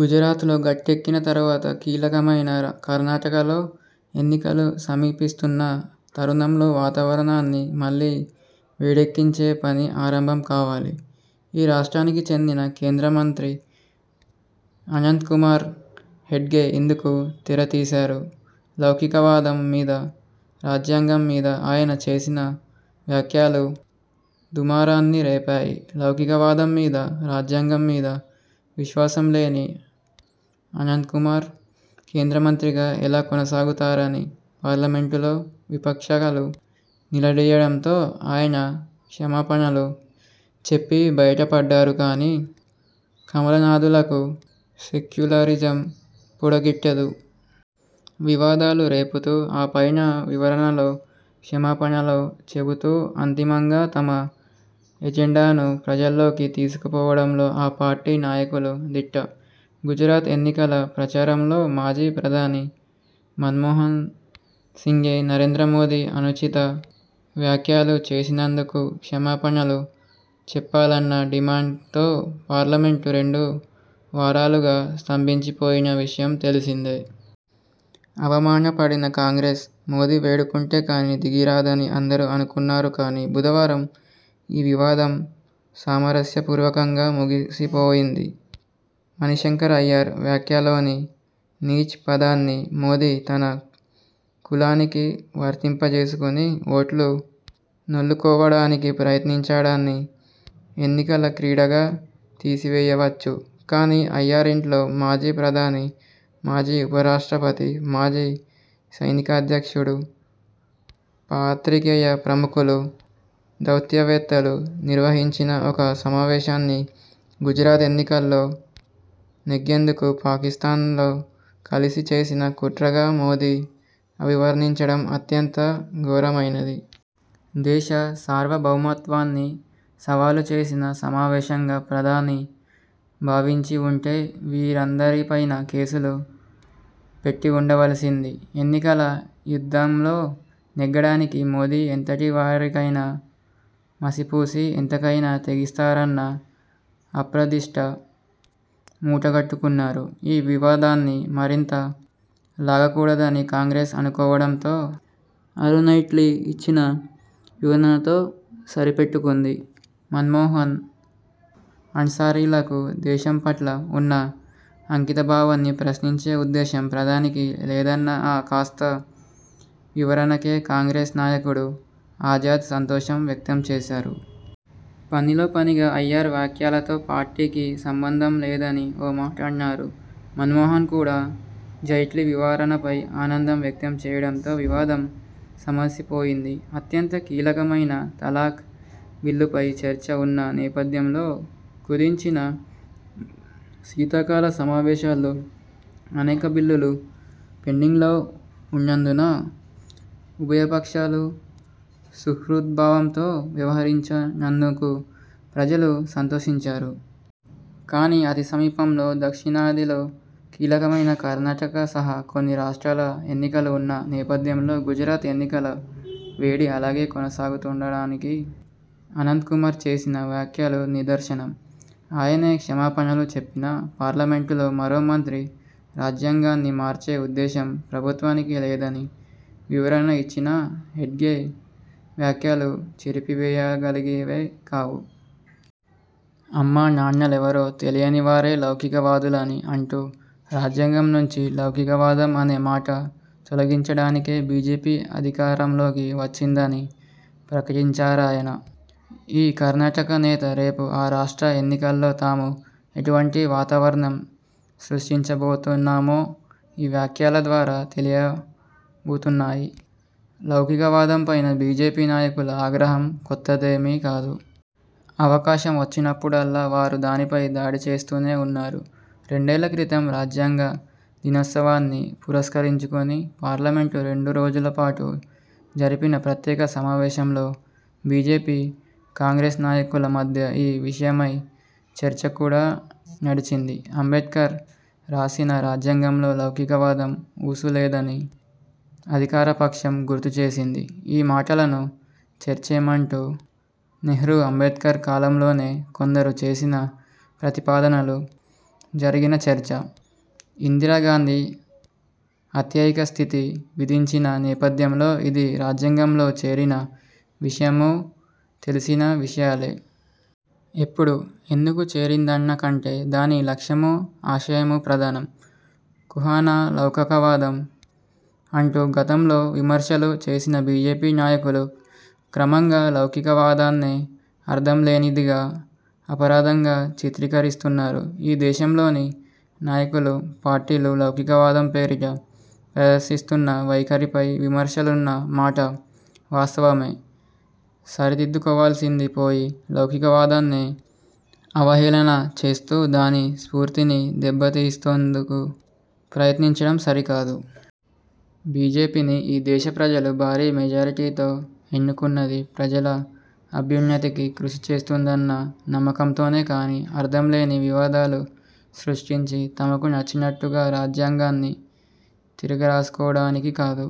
గుజరాత్లో గట్టెక్కిన తరువాత, కీలకమైన కర్ణాటకలో ఎన్నికలు సమీపిస్తున్న తరుణంలో వాతావరణాన్ని మళ్ళీ వేడెక్కించే పని ఆరంభం కావాలి. ఈ రాష్ట్రానికి చెందిన కేంద్రమంత్రి అనంత్కుమార్ హెగ్డే ఇందుకు తెరతీశారు. లౌకికవాదం మీద, రాజ్యాంగంమీద ఆయన చేసిన వ్యాఖ్యలు దుమారాన్ని రేపాయి. లౌకికవాదంమీదా, రాజ్యాంగం మీదా విశ్వాసం లేని అనంత్కుమార్ కేంద్రమంత్రిగా ఎలా కొనసాగుతారని పార్లమెంటులో విపక్షాలు నిలదీయడంతో ఆయన క్షమాపణలు చెప్పి బయపడ్డారు కానీ, కమలనాథులకు సెక్యులరిజం కుడగిట్టదు. వివాదాలు రేపుతూ, ఆ పైన వివరణలో, క్షమాపణలో చెబుతూ అంతిమంగా తమ ఎజెండాను ప్రజల్లోకి తీసుకుపోవడంలో ఆ పార్టీ నాయకులు దిట్ట. గుజరాత్ ఎన్నికల ప్రచారంలో మాజీ ప్రధాని మన్మోహన్సింగ్పై నరేంద్రమోదీ అనుచిత వ్యాఖ్యలు చేసినందుకు క్షమాపణలు చెప్పాలన్న డిమాండ్తో పార్లమెంటు రెండు వారాలుగా స్తంభించిపోయిన విషయం తెలిసిందే. అవమానపడిన కాంగ్రెస్, మోదీ వేడుకుంటే కానీ దిగిరాదని అందరూ అనుకున్నారు కానీ, బుధవారం ఈ వివాదం సామరస్యపూర్వకంగా ముగిసిపోయింది. మణిశంకర్ అయ్యర్ వ్యాఖ్యలోని 'నీచ్' పదాన్ని మోదీ తన కులానికి వర్తింపచేసుకొని ఓట్లు నొల్లుకోవడానికి ప్రయత్నించడాన్ని ఎన్నికల క్రీడగా తీసివేయవచ్చు. కానీ, అయ్యర్ ఇంట్లో మాజీ ప్రధాని, మాజీ ఉపరాష్ట్రపతి, మాజీ సైనికాధ్యక్షుడు, పాత్రికేయ ప్రముఖులు, దౌత్యవేత్తలు నిర్వహించిన ఒక సమావేశాన్ని గుజరాత్ ఎన్నికల్లో నెగ్గేందుకు పాకిస్థాన్తో కలిసి చేసిన కుట్రగా మోదీ అభివర్ణించడం అత్యంత ఘోరమైనది. దేశ సార్వభౌమత్వాన్ని సవాలు చేసిన సమావేశంగా ప్రధాని భావించివుంటే వీరందరిపైనా కేసులు పెట్టివుండవలసింది. ఎన్నికల యుద్ధంలో నెగ్గడానికి మోదీ ఎంతటివారికైనా మసిపూసి, ఎంతకైనా తెగిస్తారన్న అప్రదిష్ట మూటగట్టుకున్నారు. ఈ వివాదాన్ని మరింత లాగకూడదని కాంగ్రెస్ అనుకోవడంతో అరుణ్జైట్లీ ఇచ్చిన వివరణతో సరిపెట్టుకుంది. మన్మోహన్, అన్సారీలకు దేశంపట్ల ఉన్న అంకితభావాన్ని ప్రశ్నించే ఉద్దేశం ప్రధానికి లేదన్న ఆ కాస్త వివరణకే కాంగ్రెస్ నాయకుడు ఆజాద్ సంతోషం వ్యక్తంచేశారు. పనిలోపనిగా అయ్యర్ వ్యాఖ్యలతో పార్టీకి సంబంధం లేదని ఓ మాటన్నారు. మన్మోహన్ కూడా జైట్లీ వివరణపై ఆనందం వ్యక్తం చేయడంతో వివాదం సమసిపోయింది. అత్యంత కీలకమైన తలాక్ బిల్లుపై చర్చ ఉన్న నేపథ్యంలో, కుదించిన శీతాకాల సమావేశాల్లో అనేక బిల్లులు పెండింగ్లో ఉన్నందున ఉభయపక్షాలూ సుహృద్భావంతో వ్యవహరించినందుకు ప్రజలూ సంతోషించారు. కానీ, అతిసమీపంలో దక్షిణాదిలో కీలకమైన కర్ణాటక సహా కొన్ని రాష్ట్రాల ఎన్నికలు ఉన్న నేపథ్యంలో గుజరాత్ ఎన్నికల వేడి అలాగే కొనసాగుతుందనడానికి అనంత్కుమార్ చేసిన వ్యాఖ్యలు నిదర్శనం. ఆయనే క్షమాపణలు చెప్పినా, పార్లమెంటులో మరో మంత్రి రాజ్యాంగాన్ని మార్చే ఉద్దేశం ప్రభుత్వానికి లేదని వివరణ ఇచ్చినా హెగ్డే వ్యాఖ్యలు చెరిపివేయగలిగేవి కావు. అమ్మానాన్నలెవరో తెలియనివారే లౌకికవాదులని అంటూ, రాజ్యాంగంనుంచి లౌకికవాదం అనే మాట తొలగించడానికే బీజేపీ అధికారంలోకి వచ్చిందని ప్రకటించారాయన. ఈ కర్ణాటక నేత రేపు ఆ రాష్ట్ర ఎన్నికల్లో తాము ఎటువంటి వాతావరణం సృష్టించబోతున్నామో ఈ వ్యాఖ్యల ద్వారా తెలియబుతున్నారు. లౌకికవాదంపైన బీజేపీ నాయకుల ఆగ్రహం కొత్తదేమీ కాదు. అవకాశమొచ్చినప్పుడల్లా వారు దానిపై దాడిచేస్తూనే ఉన్నారు. రెండేళ్ళక్రితం రాజ్యాంగదినోత్సవాన్ని పురస్కరించుకొని పార్లమెంటు రెండురోజులపాటు జరిపిన ప్రత్యేక సమావేశంలో బీజేపీ, కాంగ్రెస్ నాయకుల మధ్య ఈ విషయమై చర్చ కూడా నడిచింది. అంబేడ్కర్ రాసిన రాజ్యాంగంలో లౌకికవాదం ఊసులేదని అధికారపక్షం గుర్తుచేసింది. ఈ మాటను చేర్చమంటూ నెహ్రూ–అంబేడ్కర్ కాలంలోనే కొందరు చేసిన ప్రతిపాదనలు, జరిగిన చర్చ, ఇందిరాగాంధీ అత్యయిక స్థితి విధించిన నేపథ్యంలో ఇది రాజ్యాంగంలో చేరిన విషయమూ తెలిసిన విషయాలే. ఎప్పుడు, ఎందుకు చేరిందన్నకంటే, దాని లక్ష్యమూ, ఆశయమూ ప్రధానం. 'కుహనా లౌకకవాదం' అంటూ గతంలో విమర్శలు చేసిన బీజేపీ నాయకులు క్రమంగా లౌకికవాదాన్నే అర్థంలేనిదిగా, అపరాధంగా చిత్రీకరిస్తున్నారు. ఈ దేశంలోని నాయకులు, పార్టీలు లౌకికవాదం పేరిట ప్రదర్శిస్తున్న వైఖరిపై విమర్శలున్న మాట వాస్తవమే. సరిదిద్దుకోవాల్సింది పోయి, లౌకికవాదాన్నే అవహేళన చేస్తూ, దాని స్ఫూర్తిని దెబ్బతీసేందుకు ప్రయత్నించడం సరికాదు. బీజేపీని ఈ దేశ ప్రజలు భారీ మెజారిటీతో ఎన్నుకున్నది ప్రజల అభ్యున్నతికి కృషి చేస్తుందన్న నమ్మకంతోనే కానీ, అర్థంలేని వివాదాలు సృష్టించి, తమకు నచ్చినట్టుగా రాజ్యాంగాన్ని తిరగరాసుకోవడానికి కాదు.